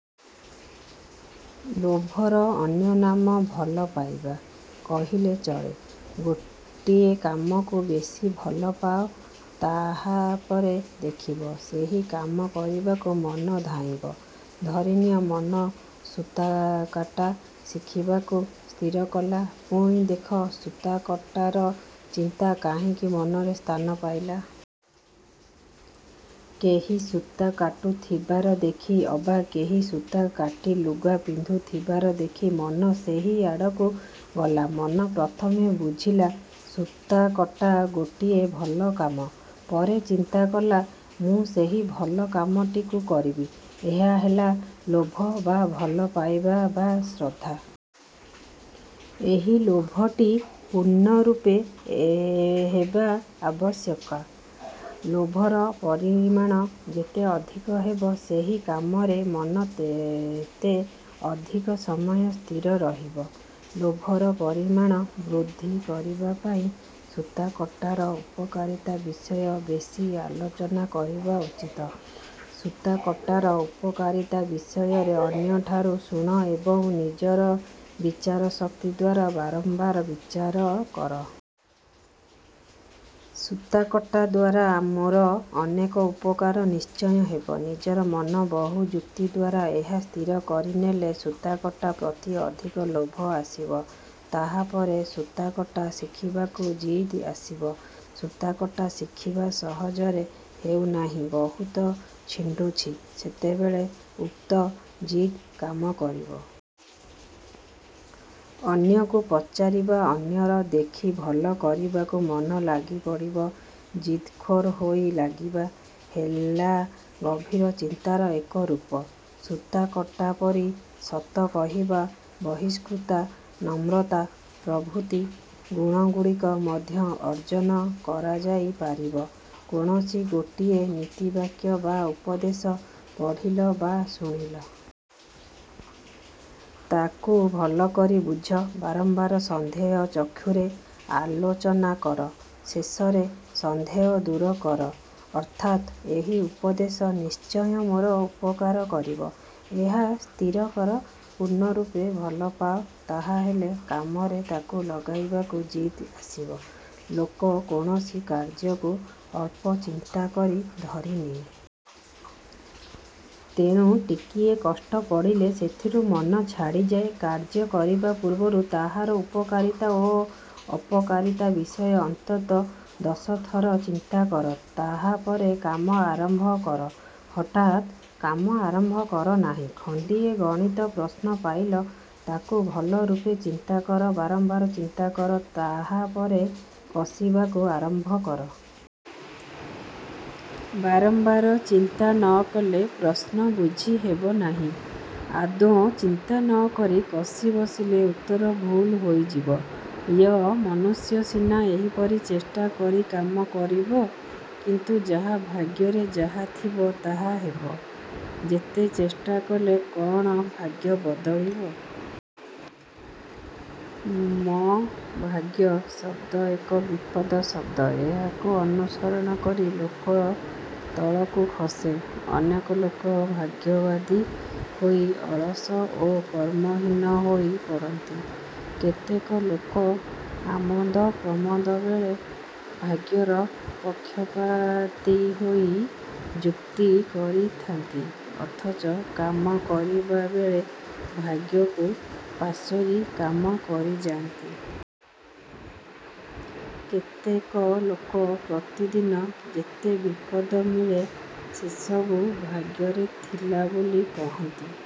ଲୋଭର ଅନ୍ୟନାମ "ଭଲ ପାଇବା" କହିଲେ ଚଳେ। ଗୋଟିଏ କାମକୁ ବେଶୀ ଭଲ ପାଅ। ତାହାପରେ ଦେଖିବ, ସେହି କାମ କରିବାକୁ ମନ ଧାଇଁବ। ଧରି ନିଅ, ମନ ସୂତାକାଟା ଶିଖିବାକୁ ସ୍ଥିର କଲା। ପୁଣି ଦେଖ, ସୂତାକଟାର ଚିନ୍ତା କାହିଁକି ମନରେ ସ୍ଥାନ ପାଇଲା? କେହି ସୂତା କାଟୁଥିବାର ଦେଖି ଅବା କେହି ସୂତା କାଟି ଲୁଗା ପିନ୍ଧୁଥିବାର ଦେଖି ମନ ସେହି ଆଡ଼କୁ ଗଲା। ମନ ପ୍ରଥମେ ବୁଝିଲା, ସୂତାକଟା ଗୋଟିଏ ଭଲ କାମ। ପରେ ଚିନ୍ତା କଲା, ମୁଁ ସେହି ଭଲ କାମଟିକୁ କରିବି। ଏହା ହେଲା ଲୋଭ ବା ଭଲ ପାଇବା ବା ଶ୍ରଦ୍ଧା। ଏହି ଲୋଭଟି। ପୂର୍ଣ୍ଣରୂପେ ହେବା ଆବଶ୍ୟକା। ଲୋଭର ପରିମାଣ ଯେତେ ଅଧିକ ହେବ, ସେହି କାମରେ ମନ ତେତେ ଅଧିକ ସମୟ ସ୍ଥିର ରହିବ। ଲୋଭର ପରିମାଣ ବୃଦ୍ଧି କରିବା ପାଇଁ ସୂତାକଟାର ଉପକାରିତା ବିଷୟ ବେଶୀ ଆଲୋଚନା କରିବା ଉଚିତ। ସୂତାକଟାର ଉପକାରିତା ବିଷୟରେ ଅନ୍ୟଠାରୁ ଶୁଣ ଏବଂ ନିଜର ବିଚାରଶକ୍ତି ଦ୍ଵାରା ବାରମ୍ବାର ବିଚାର କର। ସୂତାକଟା ଦ୍ଵାରା ମୋର ଅନେକ ଉପକାର ନିଶ୍ଚୟ ହେବ। ନିଜର ମନ ବହୁ ଯୁକ୍ତି ଦ୍ଵାରା ଏହା ସ୍ଥିର କରିନେଲେ ସୂତାକଟା ପ୍ରତି ଅଧିକ ଲୋଭ ଆସିବ। ତାହାପରେ ସୂତାକଟା ଶିଖିବାକୁ ଜିଦ୍ ଆସିବ-। ସୂତାକଟା ଶିଖିବା ସହଜରେ ହେଉନାହିଁ, ବହୁତ ଛିଣ୍ଡୁଛି। ସେତେବେଳେ ଉକ୍ତ ଜିଦ୍ କାମ କରିବ। ଅନ୍ୟକୁ ପଚାରିବା ଅନ୍ୟର ଦେଖି ଭଲ କରିବାକୁ ମନ ଲାଗିପଡ଼ିବ। ଜିଦଖୋର୍ ହୋଇ ଲାଗିବା ହେଲା ଗଭୀର ଚିନ୍ତାର ଏକ ରୂପ। ସୂତାକଟାପରି ସତ କହିବା, ସହିଷ୍ଣୁତା, ନମ୍ରତା ପ୍ରଭୃତି ଗୁଣଗୁଡ଼ିକ ମଧ୍ୟ ଅର୍ଜନ କରାଯାଇ ପାରିବ। କୌଣସି ଗୋଟିଏ ନୀତିବାକ୍ୟ ବା ଉପଦେଶ ପଢ଼ିଲ ବା ଶୁଣିଲ। ତାକୁ ଭଲକରି ବୁଝ, ବାରମ୍ବାର ସନ୍ଦେହ ଚକ୍ଷୁରେ ଆଲୋଚନା କର; ଶେଷରେ ସନ୍ଦେହ ଦୂର କର ଅର୍ଥାତ୍ ଏହି ଉପଦେଶ ନିଶ୍ଚୟ ମୋର ଉପକାର କରିବ, ଏହା ସ୍ଥିର କର। ପୂର୍ଣ୍ଣରୂପେ ଭଲ ପାଅ, ତାହାହେଲେ କାମରେ ତାକୁ ଲଗାଇବାକୁ ଜିଦ୍ ଆସିବ। ଲୋକ କୌଣସି କାର୍ଯ୍ୟକୁ ଅଳ୍ପ ଚିନ୍ତା କରି ଧରିନିଏ। ତେଣୁ ଟିକିଏ କଷ୍ଟ ପଡ଼ିଲେ ସେଥିରୁ ମନ ଛାଡ଼ିଯାଏ। କାର୍ଯ୍ୟ କରିବା ପୂର୍ବରୁ ତାହାର ଉପକାରିତା ଓ ଅପକାରିତା ବିଷୟ ଅନ୍ତତଃ ଦଶଥର ଚିନ୍ତା କର, ତାହାପରେ କାମ ଆରମ୍ଭ କର। ହଠାତ୍ କାମ ଆରମ୍ଭ କର ନାହିଁ। ଖଣ୍ଡିଏ ଗଣିତ ପ୍ରଶ୍ନ ପାଇଲ। ତାକୁ ଭଲରୂପେ ଚିନ୍ତା କର, ବାରମ୍ବାର ଚିନ୍ତା କର; ତାହାପରେ କଷିବାକୁ ଆରମ୍ଭ କର। ବାରମ୍ବାର ଚିନ୍ତା ନ କଲେ ପ୍ରଶ୍ନ ବୁଝି ହେବ ନାହିଁ। ଆଦୌ ଚିନ୍ତା ନ କରି କଷି ବସିଲେ ଉତ୍ତର ଭୁଲ୍ ହୋଇଯିବ। ୟ-ମନୁଷ୍ୟ ସିନା ଏହିପରି ଚେଷ୍ଟା କରି କାମ କରିବ, କିନ୍ତୁ ଯାହା ଭାଗ୍ୟରେ ଯାହା ଥିବ; ତାହା ହେବ। ଯେତେ ଚେଷ୍ଟା କଲେ କଅଣ ଭାଗ୍ୟ ବଦଳିବ? ମ-ଭାଗ୍ୟ ଶବ୍ଦ ଏକ ବିପଦ ଶବ୍ଦ। ଏହାକୁ ଅନୁସରଣ କରି ଲୋକ ତଳକୁ ଖସେ। ଅନେକ ଲୋକ ଭାଗ୍ୟବାଦୀ ହୋଇ ଅଳସ ଓ କର୍ମହୀନ ହୋଇ ପଡ଼ନ୍ତି। କେତେକ ଲୋକ ଆମୋଦ ପ୍ରମୋଦ ବେଳେ ଭାଗ୍ୟର ପକ୍ଷପାତୀ ହୋଇ ଯୁକ୍ତି କରିଥାନ୍ତି ଅଥଚ କାମ କରିବାବେଳେ ଭାଗ୍ୟକୁ ପାସୋରି କାମ କରିଯାନ୍ତି। କେତେକ ଲୋକ ପ୍ରତିଦିନ ଯେତେ ବିପଦ ମିଳେ ସେସବୁ ଭାଗ୍ୟରେ ଥିଲା ବୋଲି କହନ୍ତି,